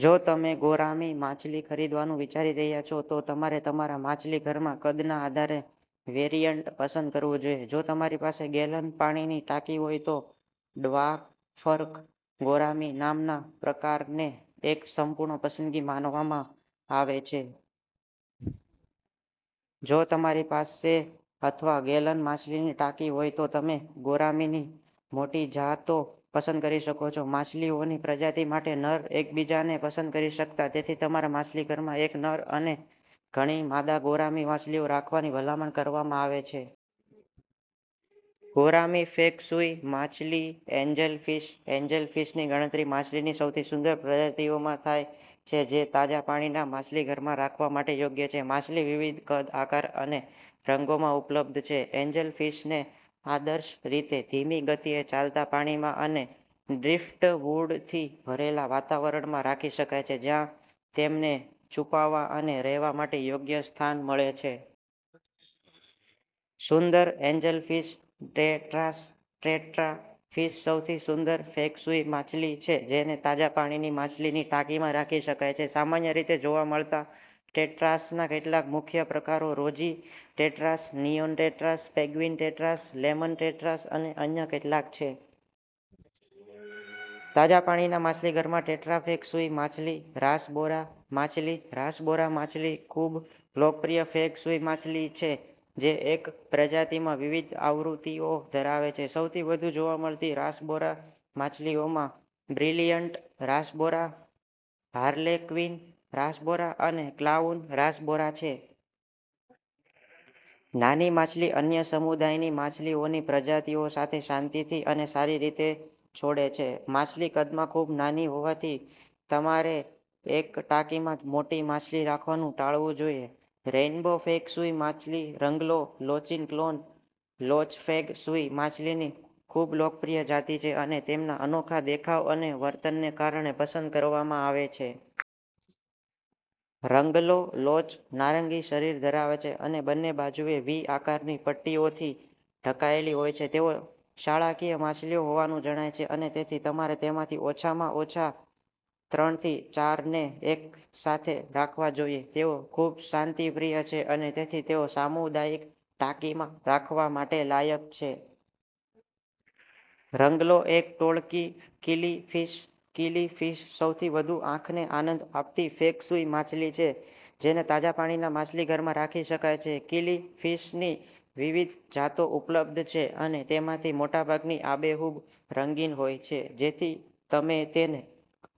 જો તમે ગૌરામી માછલી ખરીદવાનું વિચારી રહ્યા છો, તો તમારે તમારા માછલીઘરના કદના આધારે વેરિઅન્ટ પસંદ કરવું જોઈએ. જો તમારી પાસે -ગેલન પાણીની ટાંકી હોય તો ડ્વાફર્ક ગૌરામી નામના પ્રકારને એક સંપૂર્ણ પસંદગી માનવામાં આવે છે. જો તમારી પાસેઅથવા -ગેલન માછલીની ટાંકી હોય તો તમે ગૌરામીની મોટી જાતો પસંદ કરી શકો છો. માછલીઓનીપ્રજાતિ માટે, નર એકબીજાને પસંદ કરી શકતા, તેથી તમારા માછલીઘરમાં એક નર અને ઘણી માદા ગૌરામી માછલીઓ રાખવાની ભલામણ કરવામાં આવે છે. ગૌરામી ફેંગ શુઇ માછલીએન્જલફિશ એન્જલફિશની ગણતરી માછલીની સૌથી સુંદર પ્રજાતિઓમાં થાય છે જે તાજા પાણીના માછલીઘરમાં રાખવા માટે યોગ્ય છે. માછલી વિવિધ કદ, આકાર અને રંગોમાં ઉપલબ્ધ છે. એન્જલફિશને આદર્શ રીતે ધીમી ગતિએ ચાલતા પાણીમાં અને ડ્રિફ્ટવુડથી ભરેલા વાતાવરણમાં રાખી શકાય છે જ્યાં તેમને છુપાવવા અને રહેવા માટે યોગ્ય સ્થાન મળે છે. સુંદર એન્જલફિશ. ટેટ્રાસ ટેટ્રા ફિશસૌથી સુંદર ફેંગ શુઇ માછલી છે જેને તાજા પાણીની માછલીની ટાંકીમાં રાખી શકાય છે. સામાન્ય રીતે જોવા મળતા ટેટ્રાસના કેટલાક મુખ્ય પ્રકારો rosy tetras, neon tetras, penguin tetras, lemon tetras અને અન્ય કેટલાક છે. તાજા પાણીના માછલીઘરમાં ટેટ્રા ફેંગ શુઇ માછલીરાસબોરા માછલી રાસબોરા માછલીખૂબલોકપ્રિય ફેંગ શુઇ માછલી છે જે એકપ્રજાતિમાં વિવિધ આવૃત્તિઓ ધરાવે છે. સૌથી વધુ જોવા મળતી રાસબોરા માછલીઓમાં બ્રિલિયન્ટ રાસબોરા, હાર્લેક્વિન રાસબોરા અને ક્લાઉન રાસબોરા છે. નાની માછલી અન્ય સમુદાયની માછલીઓની પ્રજાતિઓ સાથે શાંતિથી અને સારી રીતે છોડે છે. માછલી કદમાં ખૂબ નાની હોવાથી, તમારે એકટાંકીમાં મોટી માછલી રાખવાનું ટાળવું જોઈએ. રેઈન્બો ફેંગ શુઇ માછલીરંગલો લોચીગ ક્લોન લોચફેંગ શુઇ માછલીની ખૂબલોકપ્રિય જાતિ છે અને તેમના અનોખા દેખાવ અને વર્તનને કારણે પસંદ કરવામાં આવે છે. રંગલો લોચ નારંગી શરીર ધરાવે છે અને બંને બાજુએ વી આકારની પટ્ટીઓથી ઢંકાયેલી હોય છે. તેઓ શાળાકીય માછલીઓ હોવાનું જણાય છે, અને તેથી તમારે તેમાંથી ઓછામાં ઓછા ત્રણથી ચારને એકસાથે રાખવા જોઈએ. તેઓ ખૂબશાંતિપ્રિય છે અને તેથી તેઓ સામુદાયિક ટાંકીમાં રાખવા માટે લાયક છે. રંગલો એક ટોળકીકિલીફિશ કિલીફિશસૌથી વધુ આંખને આનંદ આપતી ફેંગ શુઇ માછલી છે જેને તાજા પાણીના માછલીઘરમાં રાખી શકાય છે. કિલીફિશની વિવિધ જાતો ઉપલબ્ધ છે, અને તેમાંથી મોટાભાગની આબેહૂબ રંગીન હોય છે જેથી તમે તેને